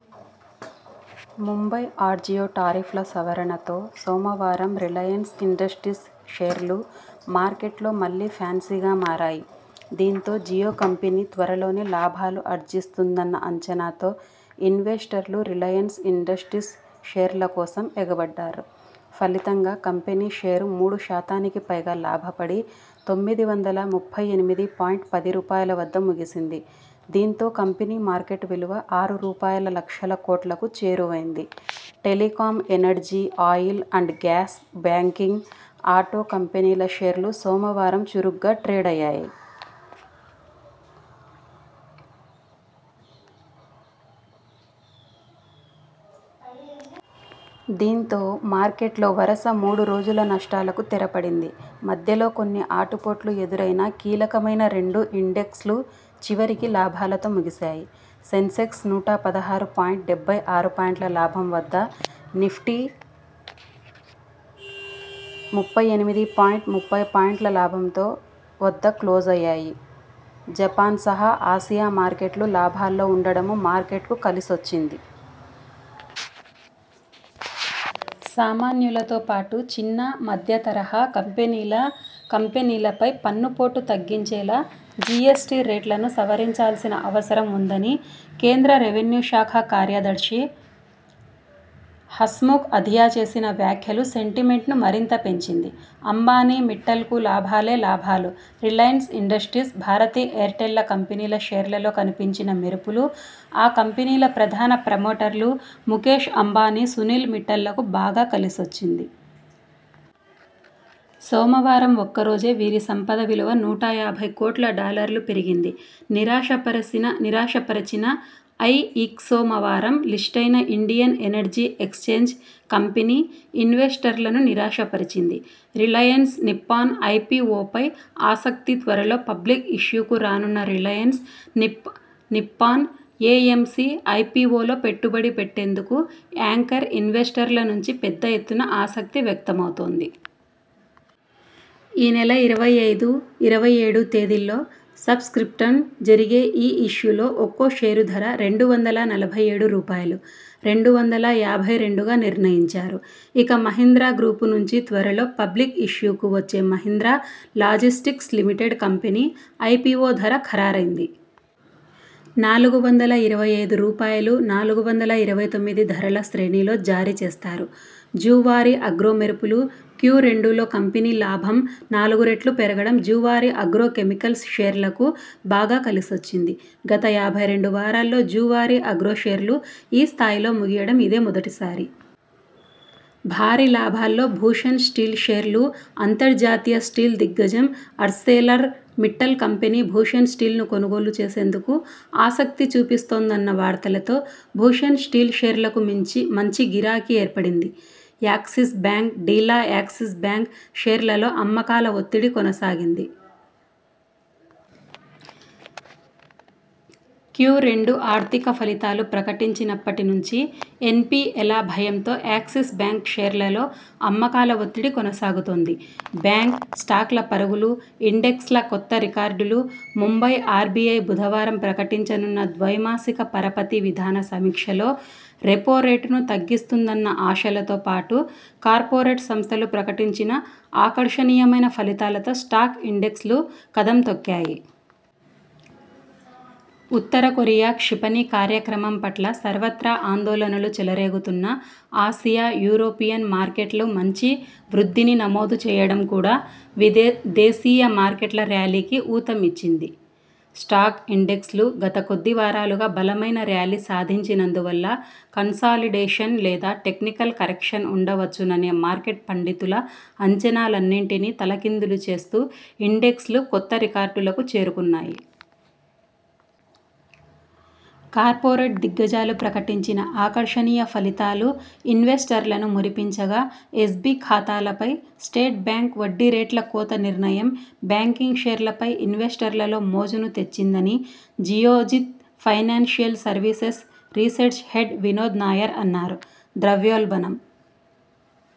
Mumbai RJio tariff ల సవరణతో సోమవారం రిలయన్స్ ఇండస్ట్రీస్ షేర్లు మార్కెట్లో మళ్లీ ఫ్యాన్సీగా మారాయి. దీంతో జియో కంపెనీ త్వరలోనే లాభాలు ఆర్జిస్తుందన్న అంచనాతో ఇన్వెస్టర్లు రిలయన్స్ ఇండస్ట్రీస్ షేర్ల కోసం ఎగబడ్డారు. ఫలితంగా కంపెనీ షేరు మూడు శాతానికి పైగా లాభపడి తొమ్మిది వందల ముప్పై ఎనిమిది పాయింట్ పది రూపాయల వద్ద ముగిసింది దీంతో కంపెనీ మార్కెట్ విలువ ఆరు రూపాయల లక్షల కోట్లకు చేరువైంది telecom, energy, oil and gas, banking, auto కంపెనీల షేర్లూ సోమవారం చురుగ్గా ట్రేడయ్యాయి. దీంతో మార్కెట్లో వరుస మూడు రోజుల నష్టాలకు తెర పడింది. మధ్యలో కొన్ని ఆటు పోట్లు ఎదురైనా కీలకమైన రెండు ఇండెక్స్లు చివరికి లాభాలతో ముగిశాయి. సెన్సెక్స్ నూట పదహారు పాయింట్ డెబ్బై ఆరు పాయింట్ల లాభంతో వద్ద, నిఫ్టీ ముప్పై ఎనిమిది పాయింట్ ముప్పై పాయింట్ల లాభంతో వద్ద క్లోజయ్యాయి జపాన్సహా ఆసియా మార్కెట్లు లాభాల్లో ఉండడమూ మార్కెట్కు కలిసొచ్చింది. సామాన్యులతో పాటు చిన్న, మధ్య తరహా కంపెనీలు కంపెనీలపై పన్ను పోటు తగ్గించేలా జిఎ్సటి రేట్లను సవరించాల్సిన అవసరం ఉందని కేంద్ర రెవెన్యూ శాఖ కార్యదర్శి హస్ముఖ్ అధియా చేసిన వ్యాఖ్యలు సెంటి మెంట్ను మరింత పెంచింది. అంబానీ, మిట్టల్కు లాభాలే లాభాలు రిలయన్స్ ఇండస్ట్రీస్, భారతి ఎయిర్టెల్ కంపెనీల షేర్లలో కనిపించిన మెరుపులు ఆ కంపెనీల ప్రధాన ప్రమోటర్లు ముకేశ్ అంబానీ, సునీల్ మిట్టల్లకు బాగా కలిసొచ్చింది. సోమవారం ఒక్క రోజే వీరి సంపద విలువ నూట యాభై కోట్ల డాలర్లు పెరిగింది నిరాశ పరిచిన ఐఈక్స్సోమవారం లిస్టయిన ఇండియన్ ఎనర్జీ ఎక్స్ఛేంజ్ కంపెనీ ఇన్వెస్టర్లను నిరాశ పరిచింది. రిలయన్స్ నిప్పాన్ ఐపిఒపై ఆసక్తి త్వరలో పబ్లిక్ ఇష్యూకు రానున్న రిలయన్స్ నిప్పాన్ ఎఎంసి ఐపిఒలో పెట్టుబడి పెట్టేందుకు యాంకర్ ఇన్వెస్టర్ల నుంచి పెద్ద ఎత్తున ఆసక్తి వ్యక్త మవుతోంది. ఈ నెల ఇరవై ఐదు ,ఇరవై ఏడు తేదీల్లో సబ్ స్క్రిప్టిన్ జరిగే ఈ ఇష్యూలో ఒక్కో షేరు ధర రెండు వందల నలభై ఏడు రూపాయలు ,రెండు వందల యాభై రెండుగా నిర్ణయించారు. ఇక మహీంద్రా గ్రూపు నుంచి త్వరలో పబ్లిక్ ఇష్యూకు వచ్చే Mahindra logistics limited company IPO ధర ఖరారైంది. నాలుగు వందల ఇరవై ఐదు రూపాయలు ,నాలుగు వందల ఇరవై తొమ్మిది ధరల శ్రేణిలో జారీ చేస్తారు. జువారి ఆగ్రో మెరుపులు క్యురెండులో కంపెనీ లాభం నాలుగు రెట్లు పెరగడం జువారీ ఆగ్రో కెమెకల్స్ షేర్లకు బాగా కలిసొచ్చింది. గత యాభై రెండు వారాల్లో జువారీ ఆగ్రో షేర్లు ఈ స్థాయిలో ముగియడం ఇదే మొదటిసారి. భారీ లాభాల్లో భూషణ్ స్టీల్ షేర్లు అంతర్జాతీయ స్టీల్ దిగ్గజం ఆర్సెలర్ మిట్టల్ కంపెనీ భూషణ్ స్టీల్ను కొనుగోలు చేసేందుకు ఆసక్తి చూపిస్తోందన్న వార్తలతో భూషణ్ స్టీల్ షేర్లకు మంచి గిరాకీ ఏర్పడింది. యాక్సిస్ బ్యాంక్ డీలా యాక్సిస్ బ్యాంక్ షేర్లలో అమ్మకాల ఒత్తిడి కొనసాగింది. క్యురెండు ఆర్థిక ఫలితాలు ప్రకటించినప్పటి నుంచి ఎన్పిఎల భయంతో యాక్సిస్ బ్యాంక్ షేర్లలో అమ్మకాల ఒత్తిడి కొనసాగుతోంది. బ్యాంక్ స్టాక్ల పరుగులు ఇండెక్స్ల కొత్త రికార్డులు ముంబై ఆర్బిఐ బుధవారం ప్రకటించనున్న ద్వై మాసిక పరపతి విధాన సమీక్షలో రెపో రేటును తగ్గిస్తుందన్న ఆశలతో పాటు కార్పొరేట్ సంస్థలు ప్రకటించిన ఆకర్షణీయ మైన ఫలితాలతో స్టాక్ ఇండెక్స్లు కదం తొక్కాయి. ఉత్తర కొరియా క్షిపణి కార్యక్రమం పట్ల సర్వత్రా ఆందోళనలు చెల రేగుతున్నా ఆసియా, యూరోపియన్ మార్కెట్లు మంచి వృద్ధిని నమో దు చేయడం కూడా దేశీయ మార్కెట్లో ర్యాలీకి ఊతం ఇచ్చింది. స్టాక్ ఇండెక్స్లు గత కొద్ది వారాలుగా బలమైన ర్యాలీ సాధించినందు వల్ల కన్సాలిడేషన్ లేదా టెక్నికల్ కరెక్షన్ ఉండవచ్చుననే మార్కెట్ పండితుల అంచనాలన్నింటినీ తల కిందులు చేస్తూ ఇండెక్స్లు కొత్త రికార్డులకు చేరుకున్నాయి. కార్పొరేట్ దిగ్గజాలు ప్రకటించిన ఆకర్షణీయ ఫలితాలు ఇన్వెస్టర్లను మురిపించగా ఎస్బి ఖాతాలపై స్టేట్ బ్యాంకు వడ్డీరేట్ల కోత నిర్ణయం బ్యాంకింగ్ షేర్లపై ఇన్వెస్టర్లలో మోజును తెచ్చిందని Geojit financial services research head Vinod Nair అన్నారు. ద్రవ్యోల్బణం